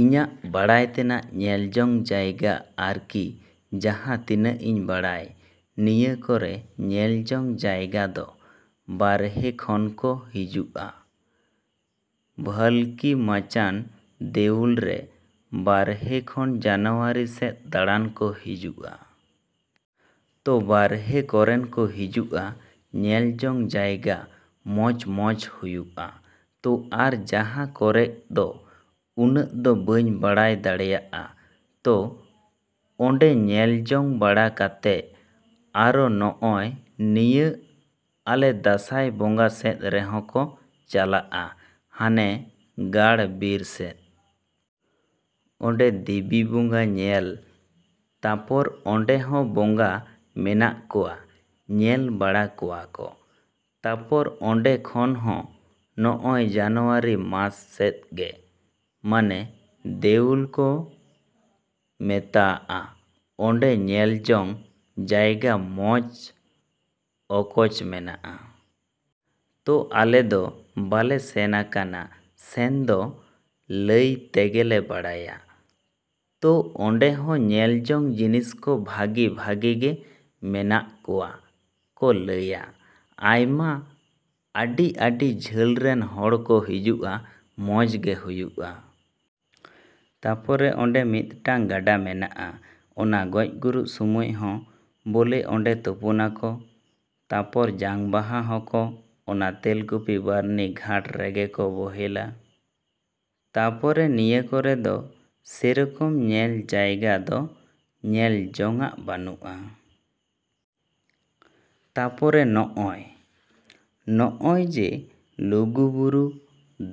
ᱤᱧᱟᱹᱜ ᱵᱟᱲᱟᱭ ᱛᱮᱱᱟᱜ ᱧᱮᱞ ᱡᱚᱝ ᱡᱟᱭᱜᱟ ᱟᱨ ᱠᱤ ᱡᱟᱦᱟᱸ ᱛᱤᱱᱟᱹᱜ ᱤᱧ ᱵᱟᱲᱟᱭ ᱱᱤᱭᱟᱹ ᱠᱚᱨᱮ ᱧᱮᱞ ᱡᱚᱝ ᱡᱟᱭᱜᱟ ᱫᱚ ᱵᱟᱨᱦᱮ ᱠᱷᱚᱱ ᱠᱚ ᱦᱤᱡᱩᱜᱼᱟ᱾ ᱵᱷᱟᱹᱞᱠᱤ ᱢᱟᱪᱟᱱ ᱫᱮᱣᱩᱞ ᱨᱮ ᱵᱟᱨᱦᱮ ᱠᱷᱚᱱ ᱡᱟᱱᱩᱣᱟᱨᱤ ᱥᱮᱫ ᱫᱟᱬᱟᱱ ᱠᱚ ᱦᱤᱡᱩᱜᱼᱟ᱾ ᱛᱚ ᱵᱟᱨᱦᱮ ᱠᱚᱨᱮᱱ ᱠᱚ ᱦᱤᱡᱩᱜᱼᱟ ᱧᱮᱞ ᱡᱚᱝ ᱡᱟᱭᱜᱟ ᱢᱚᱡᱽᱼᱢᱚᱡᱽ ᱦᱩᱭᱩᱜᱼᱟ᱾ ᱛᱚ ᱟᱨ ᱡᱟᱦᱟᱸ ᱠᱚᱨᱮ ᱫᱚ ᱩᱱᱟᱹᱜ ᱫᱚ ᱵᱟᱹᱧ ᱵᱟᱲᱟᱭ ᱫᱟᱲᱮᱭᱟᱜᱼᱟ᱾ ᱛᱚ ᱚᱸᱰᱮ ᱧᱮᱞ ᱡᱚᱝ ᱵᱟᱲᱟ ᱠᱟᱛᱮᱫ ᱟᱨᱚ ᱱᱚᱜᱼᱚᱭ ᱱᱤᱭᱟᱹ ᱟᱞᱮ ᱫᱟᱸᱥᱟᱭ ᱵᱚᱸᱜᱟ ᱥᱮᱫ ᱨᱮᱦᱚᱸ ᱠᱚ ᱪᱟᱞᱟᱜᱼᱟ ᱦᱟᱱᱮ ᱜᱟᱲ ᱵᱤᱨ ᱥᱮᱫ᱾ ᱚᱸᱰᱮ ᱫᱤᱵᱤ ᱵᱚᱸᱜᱟ ᱧᱮᱞ ᱛᱟᱯᱚᱨ ᱚᱸᱰᱮ ᱦᱚᱸ ᱵᱚᱸᱜᱟ ᱢᱮᱱᱟᱜ ᱠᱚᱣᱟ ᱧᱮᱞ ᱵᱟᱲᱟ ᱠᱚᱣᱟ ᱠᱚ᱾ ᱛᱟᱯᱚᱨ ᱚᱸᱰᱮ ᱠᱷᱚᱱ ᱦᱚᱸ ᱱᱚᱜᱼᱚᱭ ᱡᱟᱱᱩᱣᱟᱨᱤ ᱢᱟᱥ ᱥᱮᱫ ᱜᱮ ᱦᱟᱱᱮ ᱫᱮᱣᱩᱞ ᱠᱚ ᱢᱮᱛᱟᱜᱼᱟ ᱚᱸᱰᱮ ᱧᱮᱞ ᱡᱚᱝ ᱡᱟᱭᱜᱟ ᱢᱚᱡᱽ ᱚᱠᱚᱡ ᱢᱮᱱᱟᱜᱼᱟ᱾ ᱛᱚ ᱟᱞᱮ ᱫᱚ ᱵᱟᱞᱮ ᱥᱮᱱ ᱟᱠᱟᱱᱟ ᱥᱮᱱ ᱫᱚ ᱞᱟᱹᱭ ᱛᱮᱜᱮ ᱞᱮ ᱵᱟᱲᱟᱭᱟ᱾ ᱛᱚ ᱚᱸᱰᱮ ᱦᱚᱸ ᱧᱮᱞ ᱡᱚᱝ ᱡᱤᱱᱤᱥ ᱠᱚ ᱵᱷᱟᱹᱜᱤ ᱵᱷᱟᱹᱜᱤ ᱜᱮ ᱢᱮᱱᱟᱜ ᱠᱚᱣᱟ ᱠᱚ ᱞᱟᱹᱭᱟ᱾ ᱟᱭᱢᱟ ᱟᱹᱰᱤ ᱟᱹᱰᱤ ᱡᱷᱟᱹᱞ ᱨᱮᱱ ᱦᱚᱲ ᱠᱚ ᱦᱤᱡᱩᱜᱼᱟ ᱢᱚᱡᱽ ᱜᱮ ᱦᱩᱭᱩᱜᱼᱟ᱾ ᱛᱟᱯᱚᱨᱮ ᱚᱸᱰᱮ ᱢᱤᱫᱴᱮᱱ ᱜᱟᱰᱟ ᱢᱮᱱᱟᱜᱼᱟ ᱚᱱᱟ ᱜᱚᱡ ᱜᱩᱨᱩᱜ ᱥᱚᱢᱚᱭ ᱦᱚᱸ ᱵᱚᱞᱮ ᱚᱸᱰᱮ ᱛᱩᱯᱩᱱᱟᱠᱚ ᱛᱟᱯᱚᱨ ᱡᱟᱝ ᱵᱟᱦᱟ ᱠᱚᱦᱚᱸ ᱚᱱᱟ ᱛᱮᱞ ᱠᱩᱯᱤ ᱵᱟᱹᱨᱱᱤ ᱜᱷᱟᱴ ᱨᱮᱜᱮ ᱠᱚ ᱵᱚᱦᱮᱞᱟ᱾ ᱛᱟᱨᱯᱚᱨᱮ ᱱᱤᱭᱟᱹ ᱠᱚᱨᱮ ᱫᱚ ᱥᱮ ᱨᱚᱠᱚᱢ ᱧᱮᱞ ᱡᱟᱭᱜᱟ ᱫᱚ ᱧᱮᱞ ᱡᱚᱝᱼᱟᱜ ᱵᱟᱹᱱᱩᱜᱼᱟ᱾ ᱛᱟᱯᱚᱨᱮ ᱱᱚᱜᱼᱚᱭ ᱱᱚᱜᱼᱚᱭ ᱡᱮ ᱞᱩᱜᱩ ᱵᱩᱨᱩ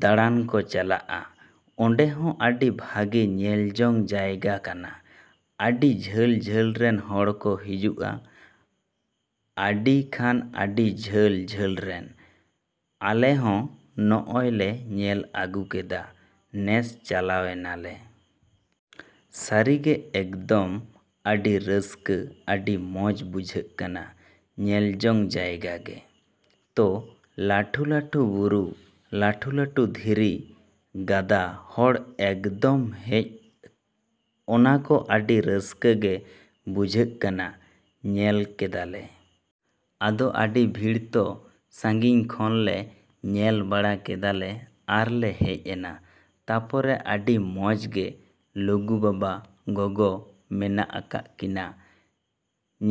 ᱫᱟᱲᱟᱱ ᱠᱚ ᱪᱟᱞᱟᱜᱼᱟ ᱚᱸᱰᱮ ᱦᱚᱸ ᱟᱹᱰᱤ ᱵᱷᱟᱹᱜᱤ ᱧᱮᱞ ᱡᱚᱝ ᱡᱟᱭᱜᱟ ᱠᱟᱱᱟ᱾ ᱟᱹᱰᱤ ᱡᱷᱟᱹᱞ ᱡᱷᱟᱹᱞ ᱨᱮᱱ ᱦᱚᱲ ᱠᱚ ᱦᱤᱡᱩᱜᱼᱟ ᱟᱹᱰᱤ ᱠᱷᱟᱱ ᱟᱹᱰᱤ ᱡᱷᱟᱹᱞ ᱡᱷᱟᱹᱞ ᱨᱮᱱ᱾ ᱟᱞᱮ ᱦᱚᱸ ᱱᱚᱜᱼᱚᱭ ᱞᱮ ᱧᱮᱞ ᱟᱹᱜᱩ ᱠᱮᱫᱟ ᱱᱮᱥ ᱪᱟᱞᱟᱣ ᱮᱱᱟ ᱞᱮ᱾ ᱥᱟᱹᱨᱤ ᱜᱮ ᱮᱠᱫᱚᱢ ᱟᱹᱰᱤ ᱨᱟᱹᱥᱠᱟᱹ ᱟᱹᱰᱤ ᱢᱚᱡᱽ ᱵᱩᱡᱷᱟᱹᱜ ᱠᱟᱱᱟ ᱧᱮᱞ ᱡᱚᱝ ᱡᱟᱭᱜᱟ ᱜᱮ᱾ ᱛᱚ ᱞᱟᱹᱴᱩ ᱞᱟᱹᱴᱩ ᱵᱩᱨᱩ ᱞᱟᱹᱴᱩ ᱞᱟᱹᱴᱩ ᱫᱷᱤᱨᱤ ᱜᱟᱫᱟ ᱦᱚᱲ ᱮᱠᱫᱚᱢ ᱦᱮᱡ ᱟᱱᱟᱠᱚ ᱟᱹᱰᱤ ᱨᱟᱹᱥᱠᱟᱹ ᱜᱮ ᱵᱩᱡᱷᱟᱹᱜ ᱠᱟᱱᱟ ᱧᱮᱞ ᱠᱮᱫᱟ ᱞᱮ᱾ ᱟᱫᱚ ᱟᱹᱰᱤ ᱵᱷᱤᱲ ᱛᱚ ᱥᱟᱺᱜᱤᱧ ᱠᱷᱚᱱ ᱞᱮ ᱧᱮᱞ ᱵᱟᱲᱟ ᱠᱮᱫᱟ ᱞᱮ ᱟᱨ ᱞᱮ ᱦᱮᱡ ᱮᱱᱟ᱾ ᱛᱟᱯᱚᱨᱮ ᱟᱹᱰᱤ ᱢᱚᱡᱽ ᱜᱮ ᱞᱩᱜᱩ ᱵᱟᱵᱟ ᱜᱚᱜᱚ ᱢᱮᱱᱟᱜ ᱟᱠᱟᱜ ᱠᱤᱱᱟᱹ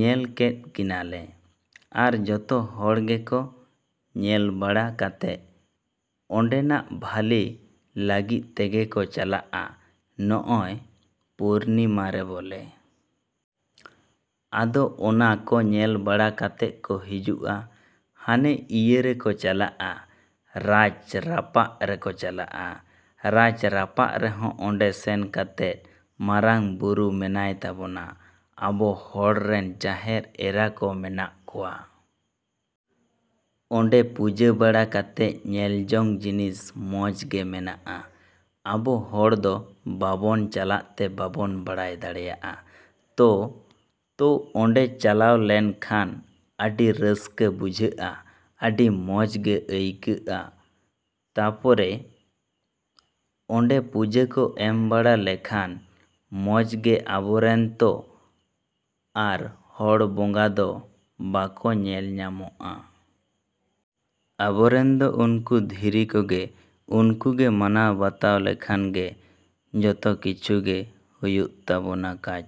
ᱧᱮᱞ ᱠᱮᱫ ᱠᱤᱱᱟᱹ ᱞᱮ᱾ ᱟᱨ ᱡᱚᱛᱚ ᱦᱚᱲ ᱜᱮᱠᱚ ᱧᱮᱞ ᱵᱟᱲᱟ ᱠᱟᱛᱮᱫ ᱚᱸᱰᱮᱱᱟᱜ ᱵᱷᱟᱹᱞᱤ ᱞᱟᱹᱜᱤᱫ ᱛᱮᱜᱮ ᱠᱚ ᱪᱟᱞᱟᱜᱼᱟ ᱱᱚᱜᱼᱚᱭ ᱯᱩᱨᱱᱤᱢᱟ ᱨᱮ ᱵᱚᱞᱮ᱾ ᱟᱫᱚ ᱚᱱᱟ ᱠᱚ ᱧᱮᱞ ᱵᱟᱲᱟ ᱠᱟᱛᱮᱫ ᱠᱚ ᱦᱤᱡᱩᱜᱼᱟ ᱦᱟᱱᱮ ᱤᱭᱟᱹ ᱨᱮᱠᱚ ᱪᱟᱞᱟᱜᱼᱟ ᱨᱟᱡᱽ ᱨᱟᱯᱟᱜ ᱨᱮᱠᱚ ᱪᱟᱞᱟᱜᱼᱟ᱾ ᱨᱟᱡᱽ ᱨᱟᱯᱟᱜ ᱨᱮᱦᱚᱸ ᱚᱸᱰᱮ ᱥᱮᱱ ᱠᱟᱛᱮᱫ ᱢᱟᱨᱟᱝ ᱵᱩᱨᱩ ᱢᱮᱱᱟᱭ ᱛᱟᱵᱚᱱᱟ ᱟᱵᱚ ᱦᱚᱲ ᱨᱮᱱ ᱡᱟᱦᱮᱨ ᱮᱨᱟ ᱠᱚ ᱢᱮᱱᱟᱜ ᱠᱚᱣᱟ᱾ ᱚᱸᱰᱮ ᱯᱩᱡᱟᱹ ᱵᱟᱲᱟ ᱠᱟᱛᱮᱫ ᱧᱮᱞ ᱡᱚᱝ ᱡᱤᱱᱤᱥ ᱢᱚᱡᱽ ᱜᱮ ᱢᱮᱱᱟᱜᱼᱟ᱾ ᱟᱵᱚ ᱦᱚᱲ ᱫᱚ ᱵᱟᱵᱚᱱ ᱪᱟᱞᱟᱜ ᱛᱮ ᱵᱟᱵᱚᱱ ᱵᱟᱲᱟᱭ ᱫᱟᱲᱮᱭᱟᱜᱼᱟ᱾ ᱛᱚ ᱛᱚ ᱚᱸᱰᱮ ᱪᱟᱞᱟᱣ ᱞᱮᱱ ᱠᱷᱟᱱ ᱟᱹᱰᱤ ᱨᱟᱹᱥᱠᱟᱹ ᱵᱩᱡᱷᱟᱹᱜᱼᱟ ᱟᱹᱰᱤ ᱢᱚᱡᱽ ᱜᱮ ᱟᱹᱭᱠᱟᱹᱣᱜᱼᱟ᱾ ᱛᱟᱯᱚᱨᱮ ᱚᱸᱰᱮ ᱯᱩᱡᱟᱹ ᱠᱚ ᱮᱢ ᱵᱟᱲᱟ ᱞᱮᱠᱷᱟᱱ ᱢᱚᱡᱽ ᱜᱮ ᱟᱵᱚᱨᱮᱱ ᱛᱚ ᱟᱨ ᱦᱚᱲ ᱵᱚᱸᱜᱟ ᱫᱚ ᱵᱟᱠᱚ ᱧᱮᱞ ᱧᱟᱢᱚᱜᱼᱟ᱾ ᱟᱵᱚᱨᱮᱱ ᱫᱚ ᱩᱱᱠᱩ ᱫᱷᱤᱨᱤ ᱠᱚᱜᱮ ᱩᱱᱠᱩ ᱜᱮ ᱢᱟᱱᱟᱣ ᱵᱟᱛᱟᱣ ᱞᱮᱠᱷᱟᱱ ᱜᱮ ᱡᱚᱛᱚ ᱠᱤᱪᱷᱩ ᱜᱮ ᱦᱩᱭᱩᱜ ᱛᱟᱵᱚᱱᱟ ᱠᱟᱡᱽ᱾